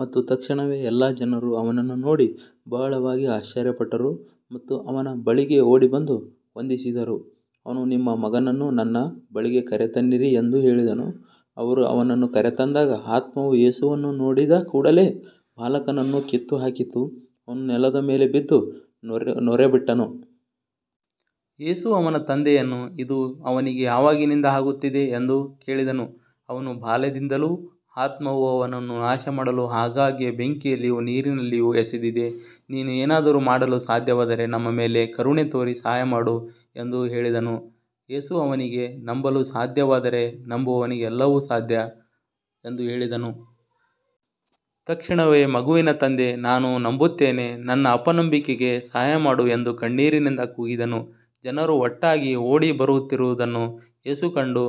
ಮತ್ತು ತಕ್ಷಣವೇ ಎಲ್ಲಾ ಜನರು ಅವನನ್ನು ನೋಡಿ ಬಹಳವಾಗಿ ಆಶ್ಚರ್ಯಪಟ್ಟರು ಮತ್ತು ಅವನ ಬಳಿಗೆ ಓಡಿಬಂದು ವಂದಿಸಿದರು. ಅವನು, ನಿಮ್ಮ ಮಗನನ್ನು ನನ್ನ ಬಳಿಗೆ ಕರೆತನ್ನಿರಿ ಎಂದು ಹೇಳಿದನು. ಅವರು ಅವನನ್ನು ಕರೆತಂದಾಗ ಆತ್ಮವು ಯೇಸುವನ್ನು ನೋಡಿದ ಕೂಡಲೆ ಬಾಲಕನನ್ನು ಕಿತ್ತುಹಾಕಿತು. ಅವನು ನೆಲದ ಮೇಲೆ ಬಿದ್ದು ನೊರೆಬಿಟ್ಟನು. ಯೇಸು ಅವನ ತಂದೆಯನ್ನು, ಇದು ಅವನಿಗೆ ಯಾವಾಗಿನಿಂದ ಆಗುತ್ತಿದೆ ಎಂದು ಕೇಳಿದನು. ಅವನು, ಬಾಲ್ಯದಿಂದಲೂ, ಆತ್ಮವು ಅವನನ್ನು ನಾಶಮಾಡಲು ಆಗಾಗ್ಗೆ ಬೆಂಕಿಯಲ್ಲಿಯೂ ನೀರಿನಲ್ಲಿಯೂ ಎಸೆದಿದೆ. ನೀನು ಏನಾದರೂ ಮಾಡಲು ಸಾಧ್ಯವಾದರೆ ನಮ್ಮ ಮೇಲೆ ಕರುಣೆ ತೋರಿ ಸಹಾಯಮಾಡು ಎಂದು ಹೇಳಿದನು. ಯೇಸು ಅವನಿಗೆ, ನಂಬಲು ಸಾಧ್ಯವಾದರೆ, ನಂಬುವವನಿಗೆ ಎಲ್ಲವೂ ಸಾಧ್ಯ ಎಂದು ಹೇಳಿದನು. ತಕ್ಷಣವೇ ಮಗುವಿನ ತಂದೆ, ನಾನು ನಂಬುತ್ತೇನೆ, ನನ್ನ ಅಪನಂಬಿಕೆಗೆ ಸಹಾಯಮಾಡು ಎಂದು ಕಣ್ಣೀರಿನಿಂದ ಕೂಗಿದನು. ಜನರು ಒಟ್ಟಾಗಿ ಓಡಿಬರುತ್ತಿರುವುದನ್ನು ಯೇಸು ಕಂಡು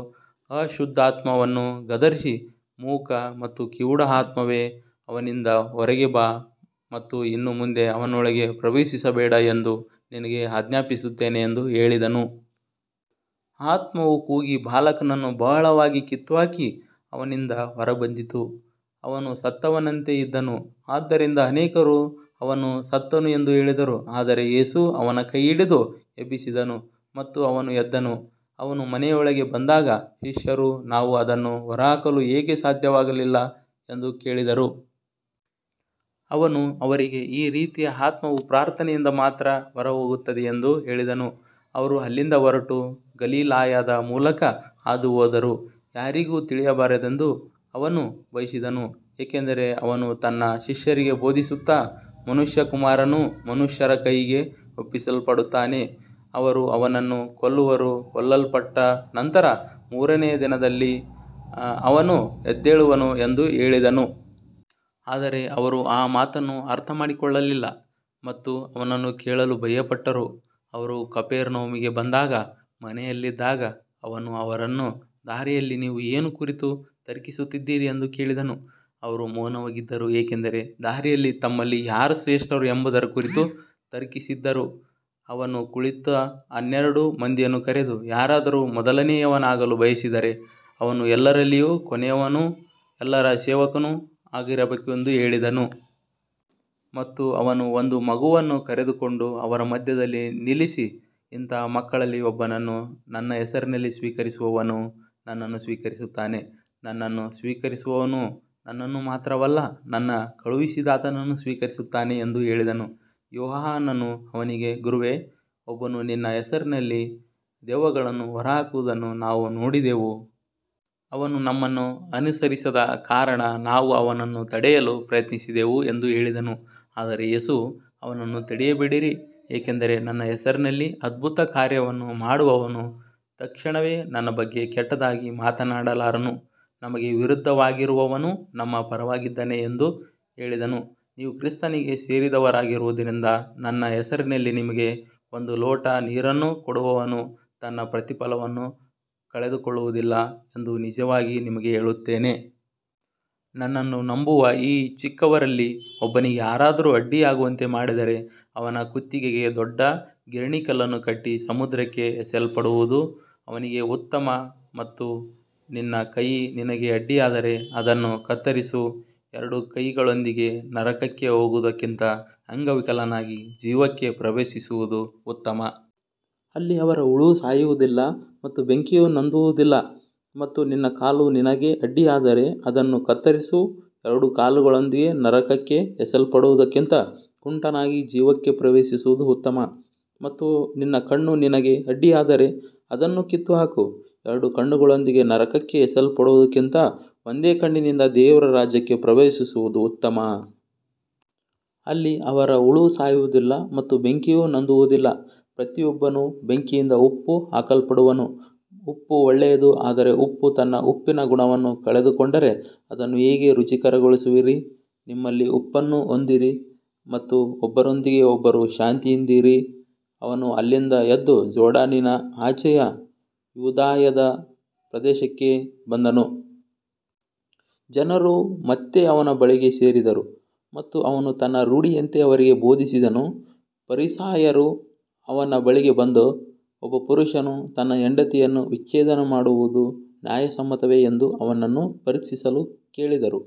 ಅಶುದ್ಧಾತ್ಮವನ್ನು ಗದರಿಸಿ, ಮೂಕ ಮತ್ತು ಕಿವುಡ ಆತ್ಮವೇ, ಅವನಿಂದ ಹೊರಗೆ ಬಾ ಮತ್ತು ಇನ್ನು ಮುಂದೆ ಅವನೊಳಗೆ ಪ್ರವೇಶಿಸಬೇಡ ಎಂದು ನಿನಗೆ ಆಜ್ಞಾಪಿಸುತ್ತೇನೆ ಎಂದು ಹೇಳಿದನು. ಆತ್ಮವು ಕೂಗಿ ಬಾಲಕನನ್ನು ಬಹಳವಾಗಿ ಕಿತ್ತುಹಾಕಿ ಅವನಿಂದ ಹೊರಬಂದಿತು. ಅವನು ಸತ್ತವನಂತೆ ಇದ್ದನು. ಆದ್ದರಿಂದ ಅನೇಕರು ಅವನು ಸತ್ತನು ಎಂದು ಹೇಳಿದರು. ಆದರೆ ಯೇಸು ಅವನ ಕೈಹಿಡಿದು ಎಬ್ಬಿಸಿದನು ಮತ್ತು ಅವನು ಎದ್ದನು. ಅವನು ಮನೆಯೊಳಗೆ ಬಂದಾಗ ಶಿಷ್ಯರು, ನಾವು ಅದನ್ನು ಹೊರಹಾಕಲು ಏಕೆ ಸಾಧ್ಯವಾಗಲಿಲ್ಲ ಎಂದು ಕೇಳಿದರು. ಅವನು ಅವರಿಗೆ, ಈ ರೀತಿಯ ಆತ್ಮವು ಪ್ರಾರ್ಥನೆಯಿಂದ ಮಾತ್ರ ಹೊರಹೋಗುತ್ತದೆ ಎಂದು ಹೇಳಿದನು. ಅವರು ಅಲ್ಲಿಂದ ಹೊರಟು ಗಲಿಲಾಯದ ಮೂಲಕ ಹಾದುಹೋದರು. ಯಾರಿಗೂ ತಿಳಿಯಬಾರದೆಂದು ಅವನು ಬಯಸಿದನು, ಏಕೆಂದರೆ ಅವನು ತನ್ನ ಶಿಷ್ಯರಿಗೆ ಬೋಧಿಸುತ್ತಾ, ಮನುಷ್ಯಕುಮಾರನು ಮನುಷ್ಯರ ಕೈಗೆ ಒಪ್ಪಿಸಲ್ಪಡುತ್ತಾನೆ, ಅವರು ಅವನನ್ನು ಕೊಲ್ಲುವರು, ಕೊಲ್ಲಲ್ಪಟ್ಟ ನಂತರ ಮೂರನೆಯ ದಿನದಲ್ಲಿ ಅವನು ಎದ್ದೇಳುವನು ಎಂದು ಹೇಳಿದನು. ಆದರೆ ಅವರು ಆ ಮಾತನ್ನು ಅರ್ಥಮಾಡಿಕೊಳ್ಳಲಿಲ್ಲ ಮತ್ತು ಅವನನ್ನು ಕೇಳಲು ಭಯಪಟ್ಟರು. ಅವರು ಕಫೆರ್ನೌಮಿಗೆ ಬಂದಾಗ ಮನೆಯಲ್ಲಿದ್ದಾಗ ಅವನು ಅವರನ್ನು, ದಾರಿಯಲ್ಲಿ ನೀವು ಏನು ಕುರಿತು ತರ್ಕಿಸುತ್ತಿದ್ದಿರಿ ಎಂದು ಕೇಳಿದನು. ಅವರು ಮೌನವಾಗಿದ್ದರು, ಏಕೆಂದರೆ ದಾರಿಯಲ್ಲಿ ತಮ್ಮಲ್ಲಿ ಯಾರು ಶ್ರೇಷ್ಠರು ಎಂಬುದರ ಕುರಿತು ತರ್ಕಿಸಿದ್ದರು. ಅವನು ಕುಳಿತು ಹನ್ನೆರಡು ಮಂದಿಯನ್ನು ಕರೆದು, ಯಾರಾದರೂ ಮೊದಲನೆಯವನಾಗಲು ಬಯಸಿದರೆ ಅವನು ಎಲ್ಲರಲ್ಲಿಯೂ ಕೊನೆಯವನೂ ಎಲ್ಲರ ಸೇವಕನೂ ಆಗಿರಬೇಕು ಎಂದು ಹೇಳಿದನು. ಮತ್ತು ಅವನು ಒಂದು ಮಗುವನ್ನು ಕರೆದುಕೊಂಡು ಅವರ ಮಧ್ಯದಲ್ಲಿ ನಿಲ್ಲಿಸಿ, ಇಂತಹ ಮಕ್ಕಳಲ್ಲಿ ಒಬ್ಬನನ್ನು ನನ್ನ ಹೆಸರಿನಲ್ಲಿ ಸ್ವೀಕರಿಸುವವನು ನನ್ನನ್ನು ಸ್ವೀಕರಿಸುತ್ತಾನೆ. ನನ್ನನ್ನು ಸ್ವೀಕರಿಸುವವನು ನನ್ನನ್ನು ಮಾತ್ರವಲ್ಲ, ನನ್ನನ್ನು ಕಳುಹಿಸಿದಾತನನ್ನೂ ಸ್ವೀಕರಿಸುತ್ತಾನೆ ಎಂದು ಹೇಳಿದನು. ಯೋಹಾನನು ಅವನಿಗೆ, ಗುರುವೇ, ಒಬ್ಬನು ನಿನ್ನ ಹೆಸರಿನಲ್ಲಿ ದೆವ್ವಗಳನ್ನು ಹೊರಹಾಕುವುದನ್ನು ನಾವು ನೋಡಿದೆವು. ಅವನು ನಮ್ಮನ್ನು ಅನುಸರಿಸದ ಕಾರಣ ನಾವು ಅವನನ್ನು ತಡೆಯಲು ಪ್ರಯತ್ನಿಸಿದೆವು ಎಂದು ಹೇಳಿದನು. ಆದರೆ ಯೇಸು, ಅವನನ್ನು ತಡೆಯಬೇಡಿರಿ, ಏಕೆಂದರೆ ನನ್ನ ಹೆಸರಿನಲ್ಲಿ ಅದ್ಭುತ ಕಾರ್ಯವನ್ನು ಮಾಡುವವನು ತಕ್ಷಣವೇ ನನ್ನ ಬಗ್ಗೆ ಕೆಟ್ಟದಾಗಿ ಮಾತನಾಡಲಾರನು. ನಮಗೆ ವಿರುದ್ಧವಾಗಿರದವನು ನಮ್ಮ ಪರವಾಗಿದ್ದಾನೆ ಎಂದು ಹೇಳಿದನು. ನೀವು ಕ್ರಿಸ್ತನಿಗೆ ಸೇರಿದವರಾಗಿರುವುದರಿಂದ ನನ್ನ ಹೆಸರಿನಲ್ಲಿ ನಿಮಗೆ ಒಂದು ಲೋಟ ನೀರನ್ನು ಕೊಡುವವನು ತನ್ನ ಪ್ರತಿಫಲವನ್ನು ಕಳೆದುಕೊಳ್ಳುವುದಿಲ್ಲ ಎಂದು ನಿಜವಾಗಿ ನಿಮಗೆ ಹೇಳುತ್ತೇನೆ. ನನ್ನನ್ನು ನಂಬುವ ಈ ಚಿಕ್ಕವರಲ್ಲಿ ಒಬ್ಬನಿಗೆ ಯಾರಾದರೂ ಅಡ್ಡಿಯಾಗುವಂತೆ ಮಾಡಿದರೆ, ಅವನ ಕುತ್ತಿಗೆಗೆ ದೊಡ್ಡ ಗಿರಣಿ ಕಲ್ಲನ್ನು ಕಟ್ಟಿ ಸಮುದ್ರಕ್ಕೆ ಎಸೆಯಲ್ಪಡುವುದು ಅವನಿಗೆ ಉತ್ತಮ. ಮತ್ತು ನಿನ್ನ ಕೈ ನಿನಗೆ ಅಡ್ಡಿಯಾದರೆ ಅದನ್ನು ಕತ್ತರಿಸು. ಎರಡು ಕೈಗಳೊಂದಿಗೆ ನರಕಕ್ಕೆ ಹೋಗುವುದಕ್ಕಿಂತ ಅಂಗವಿಕಲನಾಗಿ ಜೀವಕ್ಕೆ ಪ್ರವೇಶಿಸುವುದು ಉತ್ತಮ. ಅಲ್ಲಿ ಅವರ ಹುಳು ಸಾಯುವುದಿಲ್ಲ ಮತ್ತು ಬೆಂಕಿಯು ನಂದುವುದಿಲ್ಲ. ಮತ್ತು ನಿನ್ನ ಕಾಲು ನಿನಗೆ ಅಡ್ಡಿಯಾದರೆ ಅದನ್ನು ಕತ್ತರಿಸು. ಎರಡು ಕಾಲುಗಳೊಂದಿಗೆ ನರಕಕ್ಕೆ ಎಸೆಯಲ್ಪಡುವುದಕ್ಕಿಂತ ಕುಂಟನಾಗಿ ಜೀವಕ್ಕೆ ಪ್ರವೇಶಿಸುವುದು ಉತ್ತಮ. ಮತ್ತು ನಿನ್ನ ಕಣ್ಣು ನಿನಗೆ ಅಡ್ಡಿಯಾದರೆ ಅದನ್ನು ಕಿತ್ತುಹಾಕು. ಎರಡು ಕಣ್ಣುಗಳೊಂದಿಗೆ ನರಕಕ್ಕೆ ಎಸೆಯಲ್ಪಡುವುದಕ್ಕಿಂತ ಒಂದೇ ಕಣ್ಣಿನಿಂದ ದೇವರ ರಾಜ್ಯಕ್ಕೆ ಪ್ರವೇಶಿಸುವುದು ಉತ್ತಮ. ಅಲ್ಲಿ ಅವರ ಹುಳು ಸಾಯುವುದಿಲ್ಲ ಮತ್ತು ಬೆಂಕಿಯು ನಂದುವುದಿಲ್ಲ. ಪ್ರತಿಯೊಬ್ಬನೂ ಬೆಂಕಿಯಿಂದ ಉಪ್ಪು ಹಾಕಲ್ಪಡುವನು. ಉಪ್ಪು ಒಳ್ಳೆಯದು, ಆದರೆ ಉಪ್ಪು ತನ್ನ ಉಪ್ಪಿನ ಗುಣವನ್ನು ಕಳೆದುಕೊಂಡರೆ ಅದನ್ನು ಹೇಗೆ ರುಚಿಕರಗೊಳಿಸುವಿರಿ. ನಿಮ್ಮಲ್ಲಿ ಉಪ್ಪನ್ನು ಹೊಂದಿರಿ ಮತ್ತು ಒಬ್ಬರೊಂದಿಗೆ ಒಬ್ಬರು ಶಾಂತಿಯಿಂದಿರಿ. ಅವನು ಅಲ್ಲಿಂದ ಎದ್ದು ಜೋರ್ಡಾನಿನ ಆಚೆಯ ಯೂದಾಯದ ಪ್ರದೇಶಕ್ಕೆ ಬಂದನು. ಜನರು ಮತ್ತೆ ಅವನ ಬಳಿಗೆ ಸೇರಿದರು ಮತ್ತು ಅವನು ತನ್ನ ರೂಢಿಯಂತೆ ಅವರಿಗೆ ಬೋಧಿಸಿದನು. ಫರಿಸಾಯರು ಅವನ ಬಳಿಗೆ ಬಂದು, ಒಬ್ಬ ಪುರುಷನು ತನ್ನ ಹೆಂಡತಿಯನ್ನು ವಿಚ್ಛೇದನ ಮಾಡುವುದು ನ್ಯಾಯಸಮ್ಮತವೇ ಎಂದು ಅವನನ್ನು ಪರೀಕ್ಷಿಸಲು ಕೇಳಿದರು.